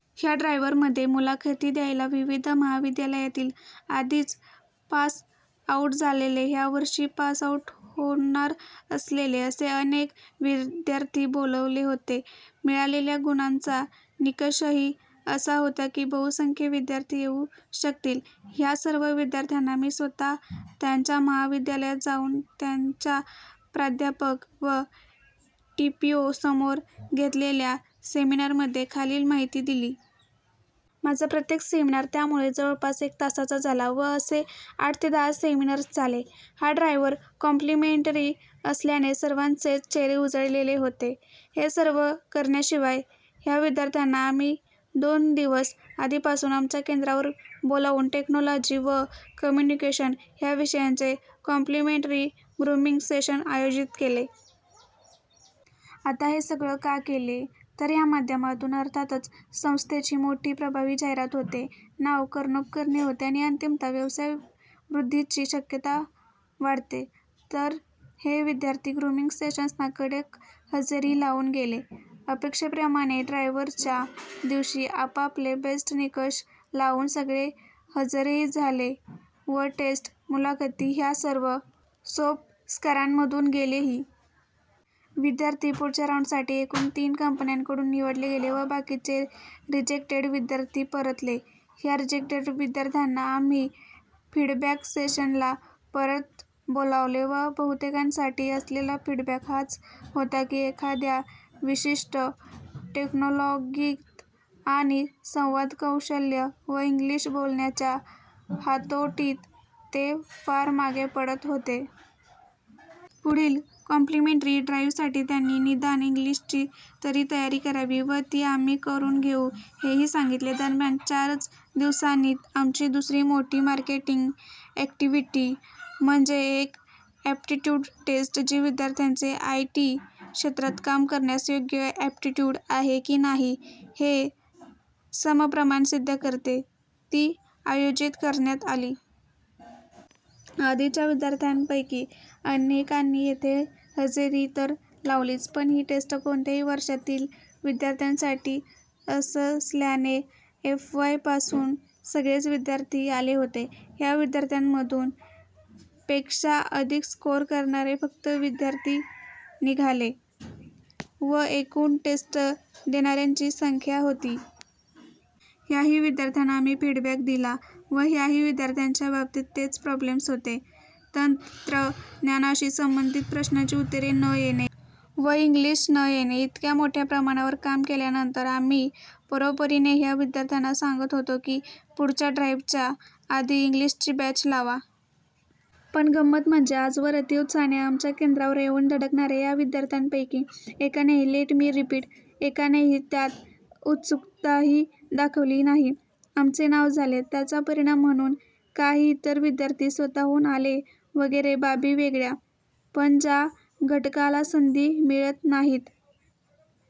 ह्या ड्राईव्हमध्ये मुलाखती द्यायला विविध महाविद्यालयातील आधीच पास आऊट झालेले, ह्या वर्षी पास आऊट होणार असणारे असे अनेक विद्यार्थी बोलावलेले होते. मिळालेल्या गुणांचा निकषही असा होता की बहुसंख्य विद्यार्थी येऊ शकतील. ह्या सर्व विद्यार्थ्यांना मी स्वतः त्यांच्या महाविद्यालयात जाऊन त्यांच्या प्राध्यापक व टीपीओ समोर घेतलेल्या सेमिनारमध्ये खालील माहिती दिली होती. माझा प्रत्येक सेमिनार त्यामुळे जवळपास एक तासाचा झाला व असे आठ ते दहा सेमिनार्स झाले. हा ड्राईव्ह काँप्लिमेंटरी असल्याने सर्वांचेच चेहरे उजळलेले होते. हे सर्व करण्याशिवाय ह्या विद्यार्थ्यांना आम्ही दोन दिवस आधीपासून आमच्या केंद्रावर बोलावून टेक्नॉलॉजी व कम्युनिकेशन ह्या विषयांचे 'काँप्लिमेंटरी' ग्रूमिंग सेशन्स आयोजीत केले. आता हे सगळे का केले? तर ह्या माध्यमातून अर्थातच संस्थेची मोठी, प्रभावी जाहिरात होते, नांव कर्णोपकर्णी होते आणि अंतिमतः व्यवसायवृद्धीची शक्यता वाढते. तर हे विद्यार्थी ग्रूमिंग सेशन्सना कडक हजेरी लावून गेले. अपेक्षेप्रमाणे ड्राईव्हच्या दिवशी आपापले 'बेस्ट' निकष लावून सगळे हजरही झाले व टेस्ट, मुलाखती ह्या सर्व सोपस्कारांमधून गेलेही. विद्यार्थी पुढच्या राऊंडसाठी एकुण तीन कंपन्यांकडून निवडले गेले व बाकीचे रिजेक्टेड विद्यार्थी परतले. ह्या रिजेक्टेड विद्यार्थ्यांना आम्ही फीडबॅक सेशनला परत बोलावले व बहुतेकांसाठी असलेला फीडबॅक हाच होता की एखाद्या विशिष्ट टेक्नॉलॉगीत आणि संवादकौशल्य व इंग्लिश बोलण्याच्या हातोटीत ते फार मागे पडत होते. पुढील काँप्लिमेंटरी ड्राईव्हसाठी त्यांनी निदान इंग्लिशची तरी तयारी करावी व ती आम्ही करून घेऊ हेही सांगितले.. दरम्यान चारच दिवसांनी आमची दुसरी मोठी मार्केटिंग अॅक्टिव्हिटी म्हणजे एक अॅप्टिट्यूड टेस्ट, जी विद्यार्थ्याचे आय टी क्षेत्रात काम करण्यास योग्य अॅप्टिट्यूड आहे की नाही हे सप्रमाण सिद्ध करते, ती आयोजीत करण्यात आली. आधीच्या विद्यार्थ्यांपैकी अनेकांनी येथे हजेरी तर लावलीच, पण ही टेस्ट कोणत्याही वर्षातील विद्यार्थ्यांसाठी असस्ल्याने एफ वाय पासून सगळेच विद्यार्थी आले होते. ह्या विद्यार्थ्यांमधून पेक्षा अधिक स्कोर करणारे फक्त विद्यार्थी निघाले व एकुण टेस्ट देणार्यांची संख्या होती. ह्याही सर्वांना आम्ही फीडबॅक दिला व ह्याही विद्यार्थ्यांच्या बाबतीत तेच दोन प्रॉब्लेम्स होते. तंत्रज्ञानाशी संबंधित प्रश्नांची उत्तरे न येणे व इंग्लिश न येणे! इतक्या मोठ्या प्रमाणावर काम केल्यानंतर आम्ही परोपरीने ह्या विद्यार्थ्यांना सांगत होतो की पुढच्या ड्राईव्हच्या आधी इंग्लिशची बॅच लावा. पण गंमत म्हणजे आजवर अतीउत्साहाने आमच्या केंद्रावर येऊन धडकणार्या ह्या विद्यार्थ्यांपैकी एकानेही, लेट मी रीपिट, एकानेही त्यात उत्सुकताही दाखवली नाही. आमचे नांव झाले, त्याचा परिणाम म्हणून काही इतर विद्यार्थी स्वतःहून आले वगैरे बाबी वेगळ्या! पण ज्या घटकाला संधी मिळत नाहीत